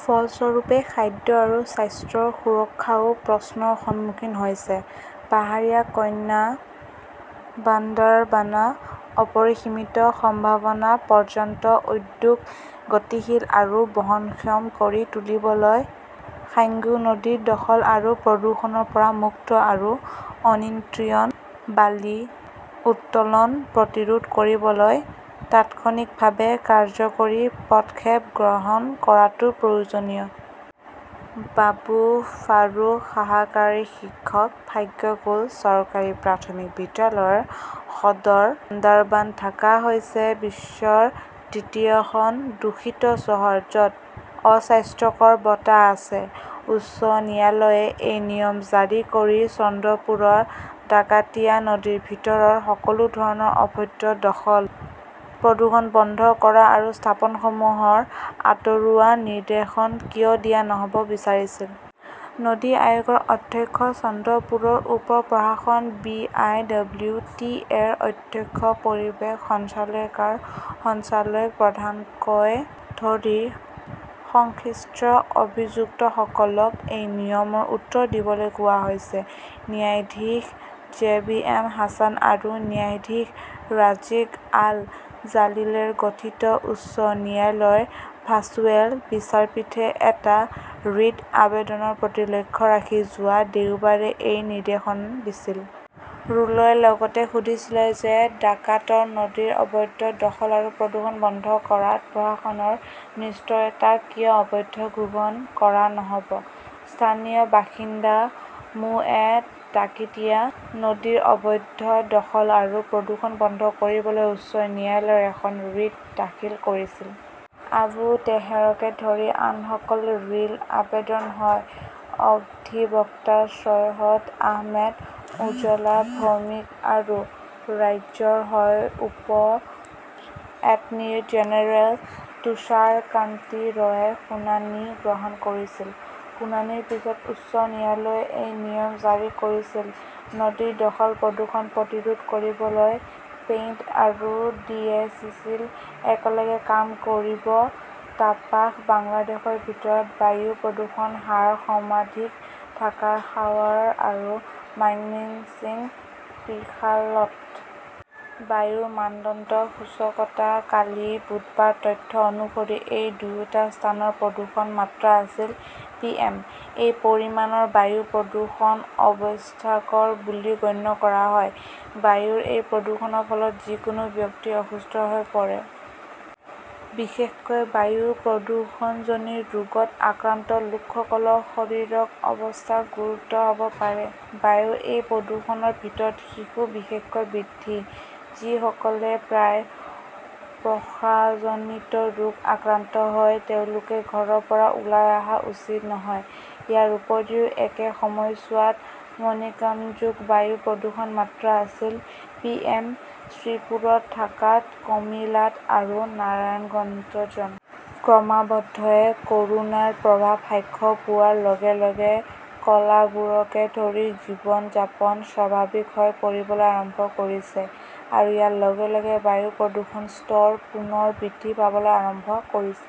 ফলস্বৰূপে, খাদ্য আৰু স্বাস্থ্য সুৰক্ষাও প্ৰশ্নৰ সন্মুখীন হৈছে। পাহাৰীয়া কন্যা বান্দাৰবানা অপৰিসীম সম্ভাৱনাৰ পৰ্যটন উদ্যোগক গতিশীল আৰু বহনক্ষম কৰি তুলিবলৈ সাঙ্গু নদী দখল আৰু প্ৰদূষণৰ পৰা মুক্ত আৰু অনিন্ত্ৰিয়ত বালি উত্তোলন প্ৰতিৰোধ কৰিবলৈ তাৎক্ষণিকভাৱে কাৰ্যকৰী পদক্ষেপ গ্ৰহণ কৰাটো প্ৰয়োজনীয়। আবু ফাৰুক সহকাৰী শিক্ষক, ভাগ্যকুল চৰকাৰী প্ৰাথমিক বিদ্যালয়, সদৰ, বান্দাৰবান ঢাকা হৈছে বিশ্বৰ তৃতীয়খন দূষিত চহৰ য 'ত অস্বাস্থ্যকৰ বতাহ আছে। উচ্চ ন্যায়ালয়ে এই নিয়ম জাৰি কৰি চান্দপুৰৰ ডাকাতিয়া নদীৰ ভিতৰৰ সকলো ধৰণৰ অবৈধ দখল, প্ৰদূষণ বন্ধ কৰা আৰু স্থাপনসমূহ আঁতৰোৱাৰ নিৰ্দেশ কিয় দিয়া নহ'ব বিচাৰিছিল। নদী আয়োগৰ অধ্যক্ষ, চান্দপুৰৰ উপ-প্ৰশাসক, B. I. W. T. A. ৰ অধ্যক্ষ, পৰিৱেশ সঞ্চালকালয়ৰ সঞ্চালক প্ৰধানকে ধৰি সংশ্লিষ্ট অভিযুক্তসকলক এই নিয়মৰ উত্তৰ দিবলৈ কোৱা হৈছে। ন্যায়াধীশ জে বি এম হাছান আৰু ন্যায়াধীশ ৰাজিক আল জালিলৰে গঠিত উচ্চ ন্যায়ালয়ৰ ভাৰ্চুৱেল বিচাৰপীঠে এটা ৰিট আবেদনৰ প্ৰতি লক্ষ্য ৰাখি যোৱা দেওবাৰে এই নিৰ্দেশ দিছিল। ৰুলে লগতে সুধিছিল যে ডাকাত নদীৰ অবৈধ দখল আৰু প্ৰদূষণ বন্ধ কৰাত প্ৰশাসনৰ নিষ্ক্ৰিয়তাক কিয় অবৈধ ঘোষণা কৰা নহ 'ব। স্থানীয় বাসিন্দা মো. এ ডাকাতিয়া নদীৰ অবৈধ দখল আৰু প্ৰদূষণ বন্ধ কৰিবলৈ উচ্চ ন্যায়ালয়ে এখন ৰিট দাখিল কৰিছিল। আবু তেহৰকে ধৰি আনসকল। ৰিট আবেদনৰ হৈ অধিবক্তা চৈয়দ আহমেদ, উজলান ভৌমিক আৰু ৰাজ্যৰ হৈ উপ এটৰ্নী জেনেৰেল তুষাৰ কান্তি ৰয়ে শুনানি গ্ৰহণ কৰিছিল। শুনানিৰ পিছত উচ্চ ন্যায়ালয়ে এই নিয়ম জাৰি কৰিছিল। নদী দখল-প্ৰদূষণ প্ৰতিৰোধ কৰিবলৈ স্পেইন আৰু ডিএছচিচিয়ে একেলগে কাম কৰিব তাপাস বাংলাদেশৰ ভিতৰত বায়ু প্ৰদূষণৰ হাৰ সৰ্বাধিক ঢাকাৰ সাৱাৰ আৰু মাইমেন্সিংৰ ত্ৰিশালত। বায়ু মানদণ্ড সূচকত কালি বুধবাৰ তথ্য অনুসৰি, এই দুয়োটা স্থানত প্ৰদূষণ মাত্ৰা আছিল পি এম। এই পৰিমাণৰ বায়ু প্ৰদূষণক অবস্বাস্থ্যকৰ বুলি গণ্য কৰা হয়। বায়ুৰ এই প্ৰদূষণৰ ফলত যিকোনো ব্যক্তি অসুস্থ হৈ পৰিব পাৰে। বিশেষকৈ বায়ু প্ৰদূষণজনিত ৰোগত আক্ৰান্ত লোকসকলৰ শাৰীৰক অৱস্থা গুৰুতৰ হ'ব পাৰে। বায়ুৰ এই প্ৰদূষণৰ ভিতৰত শিশু, বিশেষকৈ বৃদ্ধ যিসকলে শ্বাস-প্ৰশ্বাসজনিত ৰোগত আক্ৰান্ত হয় তেওঁলোকে ঘৰৰ পৰা ওলাই অহা উচিত নহয়। ইয়াৰ উপৰিও একে সময়ছোৱাত মানিকগঞ্জত বায়ু প্ৰদূষণৰ মাত্ৰা আছিল পিএম, শ্ৰীপুৰত, ঢাকাত, কামিলাত আৰু নাৰায়ণগঞ্জত। ক্ৰমাবদ্ধয়ে ক'ৰোনাৰ প্ৰভাৱ হ্ৰাস পোৱাৰ লগে লগে কলাবোৰকে ধৰি জীৱন-যাপন স্বাভাৱিক হৈ পৰিবলৈ আৰম্ভ কৰিছে আৰু ইয়াৰ লগে লগে বায়ু প্ৰদূষণ স্তৰ পুনৰ বৃদ্ধি পাবলৈ আৰম্ভ কৰিছে।